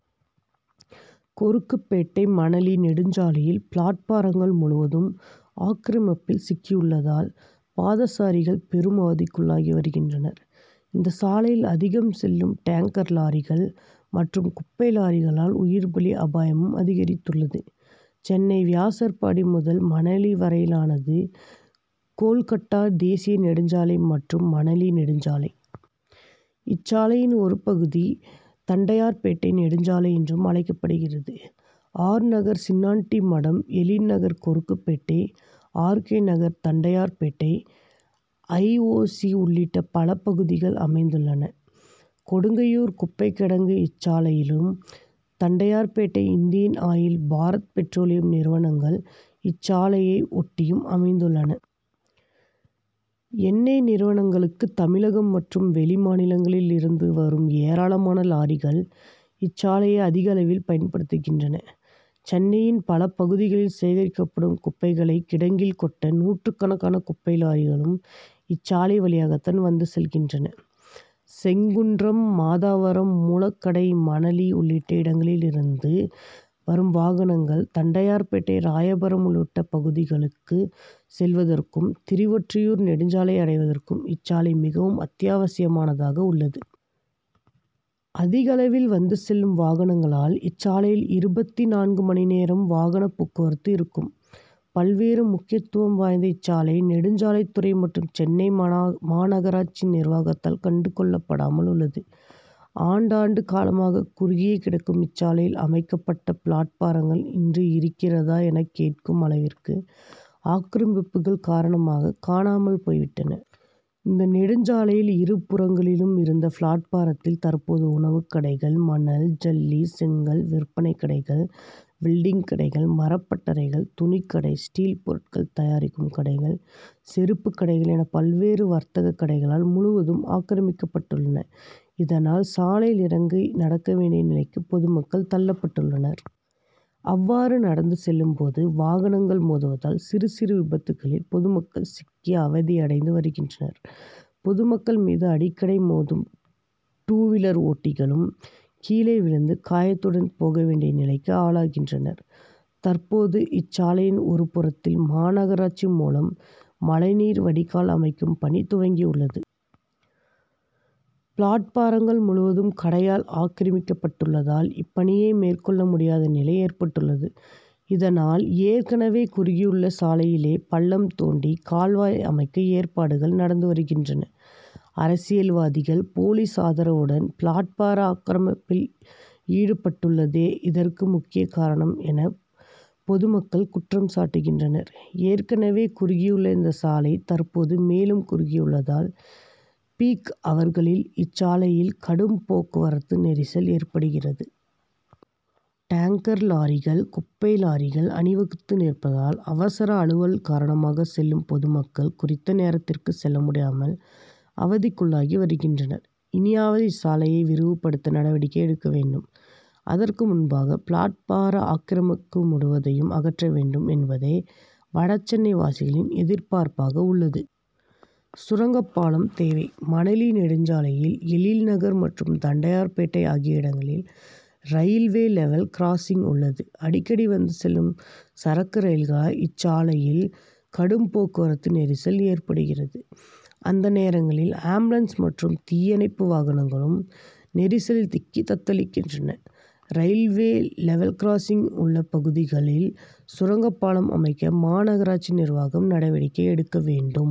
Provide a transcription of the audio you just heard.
கொருக்குப்பேட்டை மணலி நெடுஞ்சாலையில் பிளாட்பாரங்கள் முழுவதும் ஆக்கிரமிப்பில் சிக்கியுள்ளதால் பாதசாரிகள் பெரும் அவதிக்குள்ளாகிவருகின்றனர். இந்த சாலையில் அதிகம் செல்லும் டேங்கர் லாரிகள் மற்றும் குப்பை லாரிகளால் உயிர்பலி அபாயமும் அதிகரித்துள்ளது. சென்னை வியாசர்பாடி முதல் மணலி வரையிலானது கோல்கட்டா தேசிய நெடுஞ்சாலை மற்றும் மணலி நெடுஞ்சாலை. இச்சாலையின் ஒரு பகுதி தண்டையார்பேட்டை நெடுஞ்சாலை என்றும் அழைக்கப்படுகிறது. ஆர். நகர், சின்னான்டி மடம், Ezhil Nagar, Korukkupet, R. K. Nagar, Tondiarpet, I. O. C. உள்ளிட்ட பல பகுதிகள் அமைந்துள்ளன. கொடுங்கையூர் குப்பைக் கிடங்கு இச்சாலையிலும், Tondiarpet Indian Oil, Bharat Petroleum நிறுவனங்கள் இச்சாலையை ஒட்டியும் அமைந்துள்ளன. எண்ணெய் நிறுவனங்களுக்கு தமிழகம் மற்றும் வெளிமாநிலங்களில் இருந்து வரும் ஏராளமான லாரிகள் இச்சாலையை அதிகளவில் பயன்படுத்துகின்றன. சென்னையின் பல பகுதிகளில் சேகரிக்கப்படும் குப்பைகளை கிடங்கில் கொட்ட நூற்றுக்கணக்கான குப்பை லாரிகளும் இச்சாலை வழியாகத்தான் வந்து செல்கின்றன. செங்குன்றம், மாதவரம், மூலக்கடை, மணலி உள்ளிட்ட இடங்களில் இருந்து வரும் வாகனங்கள் தண்டையார்பேட்டை, ராயபுரம் உள்ளிட்ட பகுதிகளுக்கு செல்வதற்கும், திருவொற்றியூர் நெடுஞ்சாலையை அடைவதற்கும் இச்சாலை மிகவும் அத்தியாவசியமானதாக உள்ளது. அதிகளவில் வந்து செல்லும் வாகனங்களால் இச்சாலையில் இருபத்து நான்கு மணி நேரமும் வாகனப் போக்குவரத்து இருக்கும். பல்வேறு முக்கியத்துவம் வாய்ந்த இச்சாலை, நெடுஞ்சாலைத்துறை மற்றும் சென்னை மனாமாநகராட்சி நிர்வாகத்தால் கண்டுகொள்ளப்படாமல் உள்ளது. ஆண்டாண்டு காலமாக குறுகியே கிடக்கும் இச்சாலையில் அமைக்கப்பட்ட பிளாட்பாரங்கள் இன்று இருக்கிறதா என கேட்கும் அளவிற்கு ஆக்கிரமிப்புகள் காரணமாக காணாமல் போய்விட்டன. இந்த நெடுஞ்சாலையின் இரு புறங்களிலும் இருந்த பிளாட்பாரத்தில் தற்போது உணவுக் கடைகள், மணல், ஜல்லி, செங்கல் விற்பனைக் கடைகள், வெல்டிங் கடைகள், மரப் பட்டறைகள், துணிக்கடை, ஸ்டீல் பொருட்கள் தயாரிக்கும் கடைகள், செருப்புக் கடைகள் என பல்வேறு வர்த்தகக் கடைகளால் முழுவதும் ஆக்கிரமிக்கப்பட்டுள்ளன. இதனால் சாலையில் இறங்கி நடக்க வேண்டிய நிலைக்கு பொதுமக்கள் தள்ளப்பட்டுள்ளனர். அவ்வாறு நடந்து செல்லும்போது வாகனங்கள் மோதுவதால் சிறுசிறு விபத்துகளில் பொது மக்கள் சிக்கி அவதியடைந்து வருகின்றனர். பொதுமக்கள் மீது அடிக்கடி மோதும் டூவீலர் ஓட்டிகளும் கீழே விழுந்து காயத்துடன் போக வேண்டிய நிலைக்கு ஆளாகின்றனர். தற்போது இச்சாலையின் ஒருபுறத்தில் மாநகராட்சி மூலம் மழைநீர் வடிகால் அமைக்கும் பணி துவங்கியுள்ளது. பிளாட்பாரங்கள் முழுவதும் கடையால் ஆக்கிரமிக்கப்பட்டுள்ளதால் இப்பணியை மேற்கொள்ள முடியாத நிலை ஏற்பட்டுள்ளது. இதனால் ஏற்கனவே குறுகியுள்ள சாலையிலேயே பள்ளம்தோண்டி கால்வாய் அமைக்க ஏற்பாடுகள் நடந்து வருகின்றன. அரசியல்வாதிகள், போலீஸ் ஆதரவுடன் பிளாட்பார ஆக்கிரமிப்பில் ஈடுபட்டுள்ளதே இதற்கு முக்கிய காரணம் என பொதுமக்கள் குற்றம் சாட்டுகின்றனர். ஏற்கனவே குறுகியுள்ள இந்த சாலை தற்போது மேலும் குறுகியுள்ளதால் பீக் -அவர்களில் இச்சாலையில் கடும்போக்குவரத்து நெரிசல் ஏற்படுகிறது. டேங்கர் லாரிகள், குப்பை லாரிகள் அணிவகுத்து நிற்பதால் அவசர அலுவல் காரணமாக செல்லும் பொதுமக்கள் குறித்த நேரத்திற்கு செல்ல முடியாமல் அவதிக்குள்ளாகி வருகின்றனர். இனியாவது இச்சாலையை விரிவுபடுத்த நடவடிக்கை எடுக்க வேண்டும். அதற்கு முன்பாக பிளாட்பார ஆக்கிரமிப்பு முழுவதையும் அகற்றவேண்டும் என்பதே வடசென்னை வாசிகளின் எதிர்பார்ப்பாக உள்ளது. சுரங்கப்பாலம் தேவை! மணலி நெடுஞ்சாலையில் எழில்நகர் மற்றும் தண்டையார்பேட்டை ஆகிய இடங்களில் ரயில்வே லெவல் கிராசிங் உள்ளது. அடிக்கடி வந்து செல்லும் சரக்கு ரயில்களால் இச்சாலையில் கடும்போக்குவரத்து நெரிசல் ஏற்படுகிறது. அந்த நேரங்களில் ஆம்புலன்ஸ் மற்றும் தீயணைப்பு வாகனங்களும் நெரிசலில் சிக்கி தத்தளிக்கின்றன. ரயில்வே லெவல் கிராசிங் உள்ள பகுதிகளில் சுரங்க பாலம் அமைக்க மாநகராட்சி நிர்வாகம் நடவடிக்கை எடுக்கவேண்டும்.